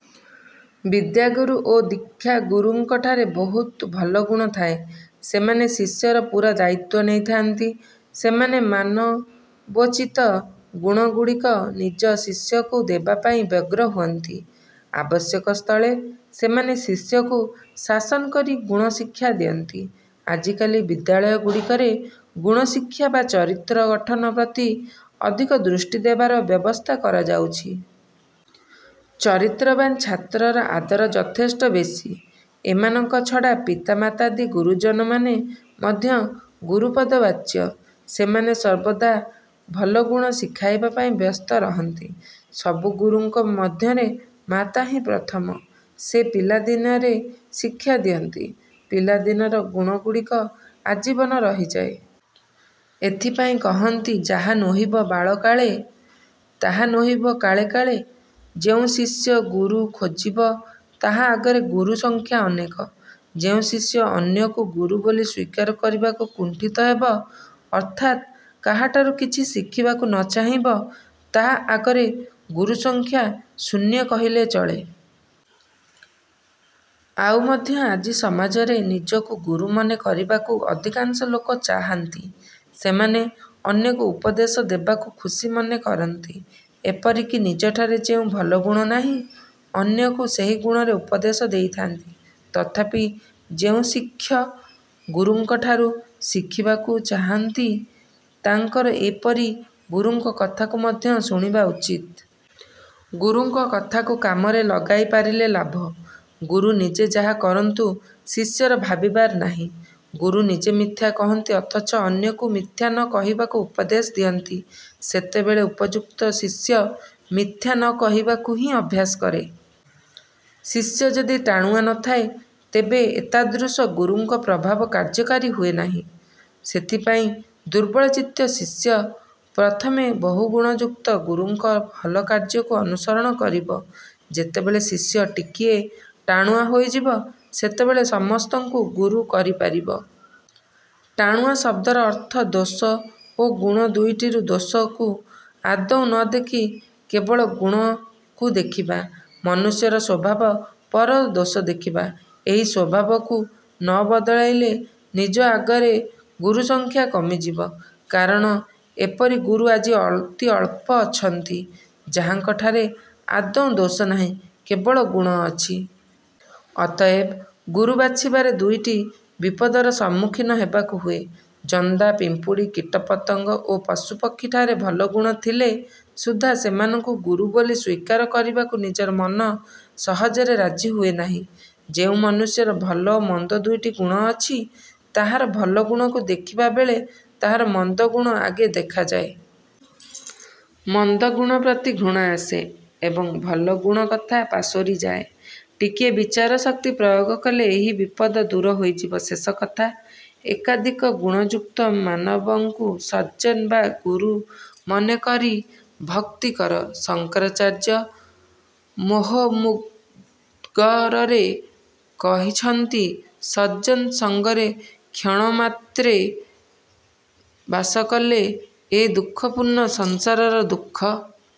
ବିଦ୍ୟାଗୁରୁ ଓ ଦୀକ୍ଷା ଗୁରୁଙ୍କଠାରେ ବହୁତ ଭଲ ଗୁଣ ଥାଏ। ସେମାନେ ଶିଷ୍ୟର ପୂରା ଦାୟିତ୍ଵ ନେଇଥାନ୍ତି। ସେମାନେ ମାନବୋଚିତ ଗୁଣଗୁଡ଼ିକ ନିଜ ଶିଷ୍ୟକୁ ଦେବା ପାଇଁ ବ୍ୟଗ୍ର ହୁଅନ୍ତି-। ଆବଶ୍ୟକ ସ୍ଥଳେ ସେମାନେ ଶିଷ୍ୟକୁ ଶାସନ କରି ଗୁଣ ଶିକ୍ଷା ଦିଅନ୍ତି। ଆଜିକାଲି ବିଦ୍ୟାଳୟଗୁଡ଼ିକରେ ଗୁଣଶିକ୍ଷା ବା ଚରିତ୍ର ଗଠନ ପ୍ରତି ଅଧିକ ଦୃଷ୍ଟି ଦେବାର ବ୍ୟବସ୍ଥା କରାଯାଉଛି-। ଚରିତ୍ରବାନ ଛାତ୍ରର ଆଦର ଯଥେଷ୍ଟ ବେଶୀ। ଏମାନଙ୍କ ଛଡ଼ା ପିତାମାତାଦି ଗୁରୁଜନମାନେ ମଧ୍ୟ ଗୁରୁପଦବାଚ୍ୟ। ସେମାନେ ସର୍ବଦା ଭଲ ଗୁଣ ଶିଖାଇବା ପାଇଁ ବ୍ୟସ୍ତ ରହନ୍ତି-। ସବୁ ଗୁରୁଙ୍କ ମଧ୍ୟରେ ମାତାହିଁ ପ୍ରଥମ। ସେ ପିଲା ଦିନରେ ଶିକ୍ଷା ଦିଅନ୍ତି। ପିଲା ଦିନର ଗୁଣଗୁଡ଼ିକ ଆଜୀବନ ରହିଯାଏ। ଏଥିପାଇଁ କହନ୍ତି- ଯାହା ନୋହିବ ବାଳକାଳେ, ତାହା ନୋହିବ କାଳେ କାଳେ। ଯେଉଁ ଶିଷ୍ୟ ଗୁରୁ ଖୋଜିବ ତାହା ଆଗରେ ଗୁରୁ ସଂଖ୍ୟା ଅନେକ। ଯେଉଁ ଶିକ୍ଷ୍ୟ ଅନ୍ୟକୁ ଗୁରୁ ବୋଲି ସ୍ଵୀକାର କରିବାକୁ କୁଣ୍ଠିତ ହେବ ଅର୍ଥାତ୍ କାହାଠାରୁ କିଛି ଶିଖିବାକୁ ନ ଚାହିଁବ, ତାହା ଆଗରେ ଗୁରୁ ସଂଖ୍ୟା ଶୂନ୍ୟ କହିଲେ ଚଳେ। ଆଉ ମଧ୍ୟ ଆଜି ସମାଜରେ ନିଜକୁ ଗୁରୁ ମନେ କରିବାକୁ ଅଧିକାଂଶ ଲୋକ ଚାହାନ୍ତି। ସେମାନେ ଅନ୍ୟକୁ ଉପଦେଶ ଦେବାକୁ ଖୁସି ମନେ କରନ୍ତି। ଏପରିକି ନିଜଠାରେ ଯେଉଁ ଭଲଗୁଣ ନାହିଁ, ଅନ୍ୟକୁ ସେହି ଗୁଣରେ ଉପଦେଶ ଦେଇଥାନ୍ତି। ତଥାପି ଯେଉଁ ଶିକ୍ଷ୍ୟ ଗୁରୁଙ୍କଠାରୁ ଶିଖିବାକୁ ଚାହାନ୍ତି, ତାଙ୍କର ଏପରି ଗୁରୁଙ୍କ କଥାକୁ ମଧ୍ୟ ଶୁଣିବା ଉଚିତ। ଗୁରୁଙ୍କ କଥାକୁ କାମରେ ଲଗାଇ ପାରିଲେ ଲାଭ। ଗୁରୁ ନିଜେ ଯାହା କରନ୍ତୁ, ଶିଷ୍ୟର ଭାବିବାର ନାହିଁ। ଗୁରୁ ନିଜେ ମିଥ୍ୟା କହନ୍ତି ଅଥଚ ଅନ୍ୟକୁ ମିଥ୍ୟା ନ କହିବାକୁ ଉପଦେଶ ଦିଅନ୍ତି, ସେତେବେଳେ ଉପଯୁକ୍ତ ଶିଷ୍ୟ ମିଥ୍ୟା ନ କହିବାକୁ ହିଁ ଅଭ୍ୟାସ କରେ। ଶିଷ୍ୟ ଯଦି ଟାଣୁଆ ନ ଥାଏ ତେବେ ଏତାଦୃଶ ଗୁରୁଙ୍କ ପ୍ରଭାବ କାର୍ଯ୍ୟକାରୀ ହୁଏ ନାହିଁ। ସେଥିପାଇଁ ଦୁର୍ବଳଚିତ୍ତ ଶିଷ୍ୟ ପ୍ରଥମେ ବହୁ ଗୁଣ ଯୁକ୍ତ ଗୁରୁଙ୍କ ଭଲ କାର୍ଯ୍ୟକୁ ଅନୁସରଣ କରିବ। ଯେତେବେଳେ ଶିଷ୍ୟ ଟିକିଏ ଟାଣୁଆ ହୋଇଯିବ ସେତେବେଳେ ସମସ୍ତଙ୍କୁ ଗୁରୁ କରିପାରିବ। ଟାଣୁଆ ଶବ୍ଦର ଅର୍ଥ-ଦୋଷ ଓ ଗୁଣ ଦୁଇଟିରୁ ଦୋଷକୁ ଆଦୌ ନ ଦେଖି କେବଳ ଗୁଣକୁ ଦେଖିବା। ମନୁଷ୍ୟର ସ୍ଵଭାବ, ପରର ଦୋଷ ଦେଖିବା। ଏହି ସ୍ଵଭାବକୁ ନ ବଦଳାଇଲେ ନିଜ ଆଗରେ ଗୁରୁ ସଂଖ୍ୟା କମିଯିବ। କାରଣ ଏପରି ଗୁରୁ ଆଜି ଅତି ଅଳ୍ପ ଅଛନ୍ତି, ଯାହାଙ୍କଠାରେ ଆଦୌ ଦୋଷ ନାହିଁ କେବଳ ଗୁଣ ଅଛି। ଅତଏବ ଗୁରୁ ବାଛିବାରେ ଦୁଇଟି ବିପଦର ସମ୍ମୁଖୀନ ହେବାକୁ ହୁଏ। ଜନ୍ଦା ପିମ୍ପୁଡ଼ି, କୀଟପତଙ୍ଗ ଓ ପଶୁପକ୍ଷୀ ଠାରେ ଭଲ ଗୁଣ ଥିଲେ ସୁଧା ସେମାନଙ୍କୁ ଗୁରୁ ବୋଲି ସ୍ଵୀକାର କରିବାକୁ ନିଜର ମନ ସହଜରେ ରାଜି ହୁଏ ନାହିଁ। ଯେଉଁ ମନୁଷ୍ୟର ଭଲ ଓ ମନ୍ଦ ଦୁଇଟି ଗୁଣ ଅଛି, ତାହାର ଭଲ ଗୁଣକୁ ଦେଖିବାବେଳେ ତାହାର ମନ୍ଦ ଗୁଣ ଆଗେ ଦେଖାଯାଏ। ମନ୍ଦ ଗୁଣପ୍ରତି ଘୃଣା ଆସେ ଏବଂ ଭଲ ଗୁଣ କଥା ପାସୋରିଯାଏ। ଟିକିଏ ବିଚାରଶକ୍ତି ପ୍ରୟୋଗ କଲେ ଏହି ବିପଦ ଦୂର ହୋଇଯିବ। ଶେଷକଥା, ଏକାଧିକ ଗୁଣଯୁକ୍ତ ମାନବଙ୍କୁ ସଜ୍ଜନ ବା ଗୁରୁ ମନେକରି ଭକ୍ତି କର। ଶଙ୍କରାଚାର୍ଯ୍ୟ ମୋହମୁଦ୍ଗରରେ କହିଛନ୍ତି, "ସଜ୍ଜନ ସଙ୍ଗରେ କ୍ଷଣେମାତ୍ରେ ବାସ କଲେ ଏ ଦୁଃଖପୂର୍ଣ୍ଣ ସଂସାରର ଦୁଃଖ